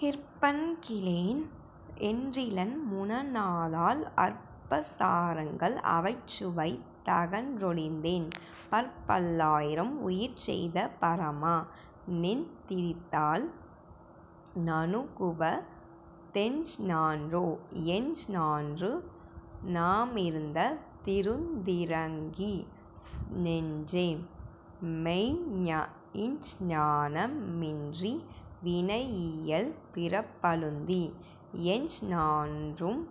கிற்பன் கில்லேன் என்றிலன் முனநாளால், அற்பசா ரங்கள் அவைசுவைத் தகன்றொழிந்தேன், பற்பல் லாயிரம் உயிர்செய்த பரமா, நின் தித்தாள் நணுகுவ தெஞ்ஞான்றே?.. எஞ்ஞான்று நாமிருந் திருந்திரங்கி நெஞ்சே. மெய்ஞ்ஞான மின்றி வினையியல் பிறப்பழுந்தி, எஞ்ஞான்றும்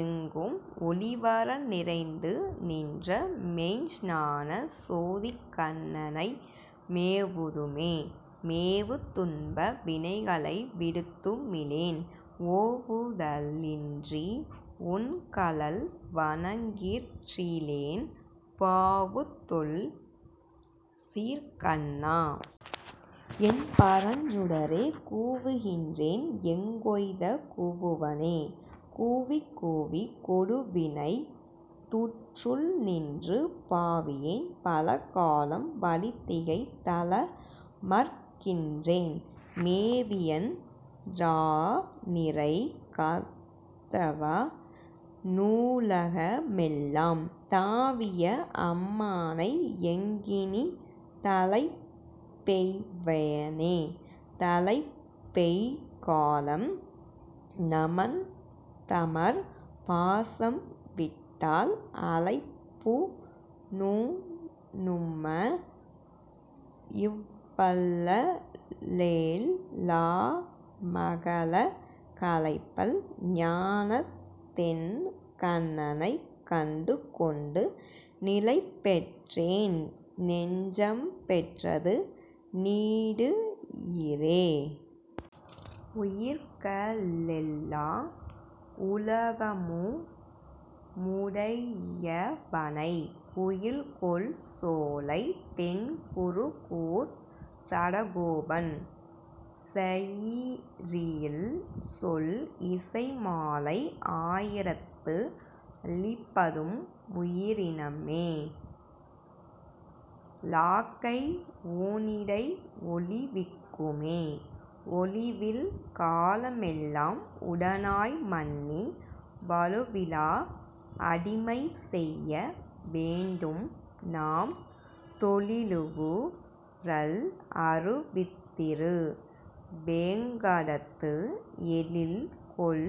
எங்கும் ஒழிவற நிறைந்துநின்ற, மெய்ஞ்ஞானச் சோதிக் கண்ணனை மேவுதுமே?.. மேவு துன்ப வினைகளை விடுத்துமிலேன், ஓவுத லின்றி உன்கழல் வணங்கிற்றிலேன், பாவுதொல் சீர்க்கண்ணா. என் பரஞ்சுடரே, கூவுகின்றேன் எங்கொய்தக் கூவுவனே?.. கூவிக்கூவிக் கொடுவினைத் தூற்றுள் நின்று பாவியேன் பலகாலம் வழிதிகைத் தலமர்க்கின்றேன், மேவியன் றாநிரை காத்தவ னுலகமெல்லாம், தாவிய அம்மானை எங்கினித் தலைப்பெய்வனே?.. தலைப்பெய் காலம் நமன்தமர் பாசம்விட்டால், அலைப்பூ ணுண்ணுமவ் வல்லலெல் லாமகல, கலைப்பல் ஞானத்தென் கண்ணனைக் கண்டுகொண்டு, நிலைப்பெற்றென் னெஞ்சம் பெற்றது நீடுயிரே.. உயிர்க ளெல்லா உலகமு முடையவனை, குயில்கொள் சோலைத் தென்குருகூர்ச் சடகோபன், செயிரில்சொல் இசைமாலை ஆயிரத்து ளிப்பத்தும், உயிரின்மே லாக்கை ஊனிடை ஒழிவிக்குமே. ஒழிவில் காலமெல்லாம் உடனாய் மன்னி, வழுவிலா அடிமை செய்ய வேண்டும்நாம், தெழிகு ரல்அரு வித்திரு வேங்கடத்து, எழில்கொள்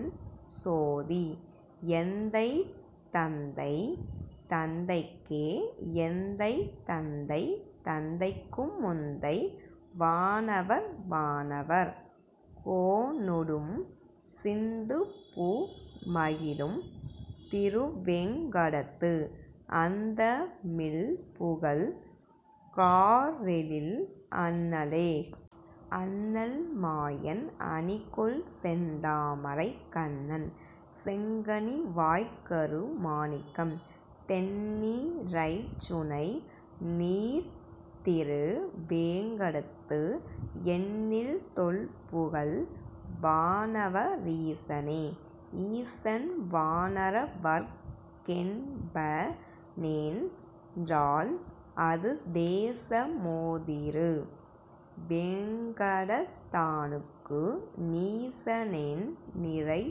சோதி எந்தைதந்தை தந்தைக்கே. எந்தை தந்தை தந்தை தந்தைக்கும் முந்தை, வானவர் வானவர் கோனொடும், சிந்துபூ மகிழும் திருவேங் கடத்து, அந்த மில்புகழ்க் காரெழில் அண்ணலே.. அண்ணல் மாயன் அணிகொள்செந் தாமரைக் கண்ணன், செங்கனி வாய்க்கரு மாணிக்கம், தெண்ணி றைச்சுனை நீர்த்திரு வேங்கடத்து, எண்ணில் தொல்புகழ் வானவ ரீசனே.. ஈசன் வானவர்க் கென்பனென் றால், அது தேச மோதிரு வேங்கடத் தானுக்கு?, நீச னென்நிறை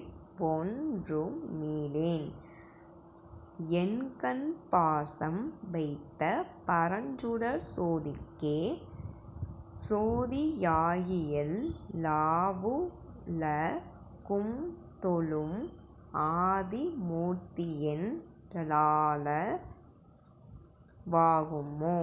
வொன்றுமி லேன், என்கண் பாசம் வைத்த பரஞ்சுடர்ச் சோதிக்கே.. சோதி யாகியெல் லாவுல கும்தொழும், ஆதி மூர்த்தியென் றாலள வாகுமோ?,